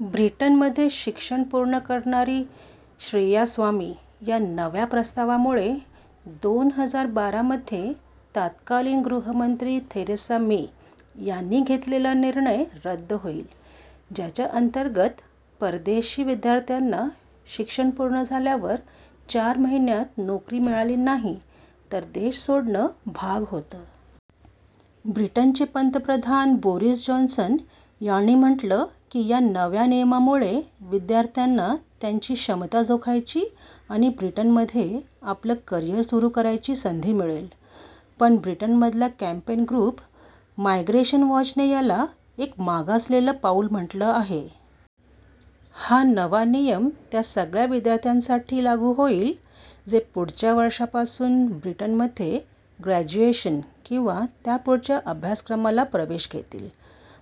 ब्रिटनमध्ये शिक्षण पूर्ण करणारी श्रेया स्वामी या नव्या प्रस्तावामुळे दोन हजार बारा मध्ये तत्कालीन गृहमंत्री थेरेसा मे यांनी घेतलेला निर्णय रद्द होईल ज्याच्या अंतर्गत परदेशी विद्यार्थ्यांना शिक्षण पूर्ण झाल्यावर चार महिन्यात नोकरी मिळाली नाही तर देश सोडणं भाग होतं. ब्रिटनचे पंतप्रधान बोरिस जॉन्सन यांनी म्हटलं की या नव्या नियमामुळे विद्यार्थ्यांना त्यांची क्षमता जोखायची आणि ब्रिटनमध्ये आपलं करिअर सुरू करायची संधी मिळेल. पण ब्रिटनमधला कँपेन ग्रुप 'मायग्रेशन वॉच'ने याला एक 'मागासलेलं पाऊल' म्हटलं आहे. हा नवा नियम त्या सगळ्या विद्यार्थ्यांसाठी लागू होईल जे पुढच्या वर्षापासून ब्रिटनमध्ये ग्रॅज्युएशन किंवा त्यापुढच्या अभ्यासक्रमाला प्रवेश घेतील.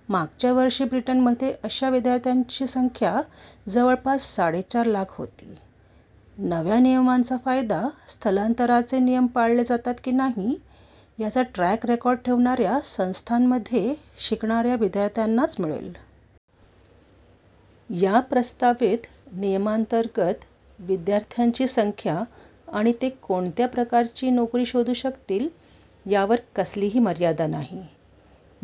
मागच्या वर्षी ब्रिटनमध्ये अशा विद्यार्थ्यांची संख्या जवळपास साडेचार लाख होती. नव्या नियमांचा फायदा स्थलांतराचे नियम पाळले जातात की नाही याचा ट्रॅक रेकॉर्ड ठेवणाऱ्या संस्थांमध्ये शिकणाऱ्या विद्यार्थ्यांनाच मिळेल. या प्रस्तावित नियमांतर्गत विद्यार्थ्यांची संख्या आणि ते कोणत्या प्रकारची नोकरी शोधू शकतील यावर कसलीही मर्यादा नाही.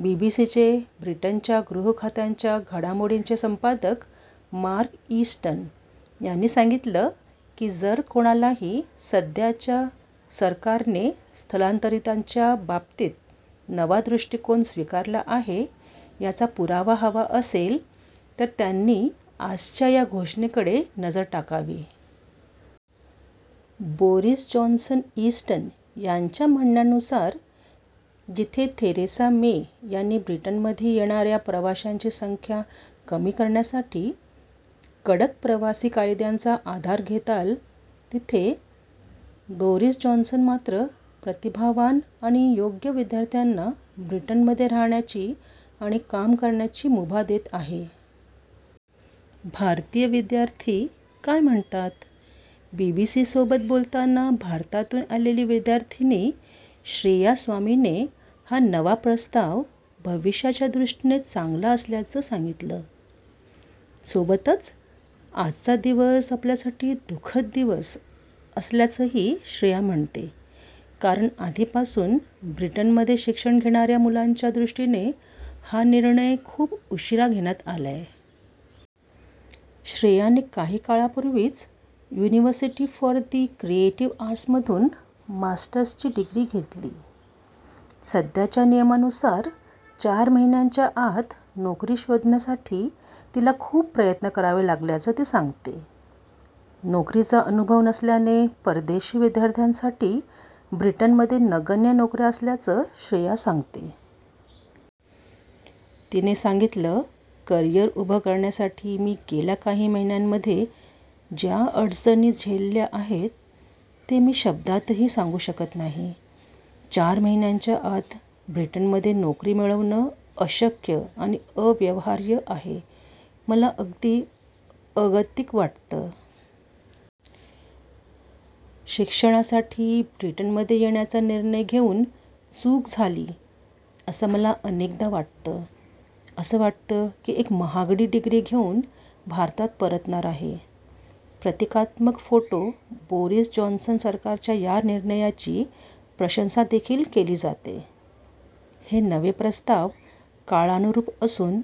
बीबीसीचे ब्रिटनच्या गृहखात्यांच्या घडामोडींचे संपादक मार्क इस्टन यांनी सांगितलं की जर कोणालाही सध्याच्या सरकारने स्थलांतरितांच्या बाबतीत नवा दृष्टीकोन स्वीकारला आहे याचा पुरावा हवा असेल तर त्यांनी आजच्या या घोषणेकडे नजर टाकावी. बोरिस जॉन्सन ईस्टन यांच्या म्हणण्यानुसार जिथे थेरेसा मे यांनी ब्रिटनमध्ये येणाऱ्या प्रवाशांची संख्या कमी करण्यासाठी कडक प्रवासी कायद्यांचा आधार घेताल तिथे बोरिस जॉन्सन मात्र प्रतिभावान आणि योग्य विद्यार्थ्यांना ब्रिटनमध्ये राहाण्याची आणि काम करण्याची मुभा देत आहेत. भारतीय विद्यार्थी काय म्हणतात? बीबीसीसोबत बोलताना भारतातून आलेली विद्यार्थिनी श्रेया स्वामीने हा नवा प्रस्ताव भविष्याच्या दृष्टीने चांगला असल्याचं सांगितलं. सोबतच आजचा दिवस आपल्यासाठी 'दुखःद दिवस' असल्याचंही श्रेया म्हणते कारण आधीपासून ब्रिटनमध्ये शिक्षण घेणाऱ्या मुलांच्या दृष्टीने हा निर्णय खूप उशीरा घेण्यात आलाय. श्रेयाने काही काळापूर्वीच 'युनिव्हर्सिटी फॉर द क्रिएटिव्ह आर्ट्स'मधून मार्स्टर्सची डिग्री घेतली. सध्याच्या नियमांनुसार चार महिन्यांच्या आत नोकरी शोधण्यासाठी तिला खूप प्रयत्न करावे लागल्याचं ती सांगते. नोकरीचा अनुभव नसल्याने परदेशी विद्यार्थ्यांसाठी ब्रिटनमध्ये नगण्य नोकऱ्या असल्याचं श्रेया सांगते. तिने सांगितलं करियर उभं करण्यासाठी मी गेल्या काही महिन्यांमध्ये ज्या अडचणी झेलल्या आहेत ते मी शब्दांतही सांगू शकत नाही. चार महिन्यांच्या आत ब्रिटनमध्ये नोकरी मिळवणं अशक्य आणि अव्यवहार्य आहे. मला अगदी अगतिक वाटलं. शिक्षणासाठी ब्रिटनमध्ये येण्याचा निर्णय घेऊन चूक झाली असं मला अनेकदा वाटतं. असं वाटतं की एक महागडी डिग्री घेऊन भारतात परतणार आहे. प्रतीकात्मक फोटो बोरिस जॉन्सन सरकारच्या या निर्णयाची प्रशंसादेखील केली जातेय. हे नवे प्रस्ताव काळानुरूप असून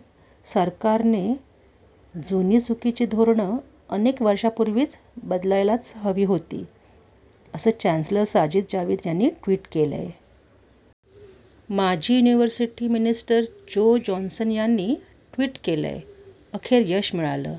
सरकाने जुनी चुकीची धोरणं अनेक वर्षांपूर्वीच बदलायलाच हवी होती, असं चॅन्सलर साजिद जाविद यांनी ट्विट केलंय. माजी 'युनिव्हर्सिटी मिनिस्टर' जो जॉन्सन यांनी ट्वीट केलंय, अखेर यश मिळालं.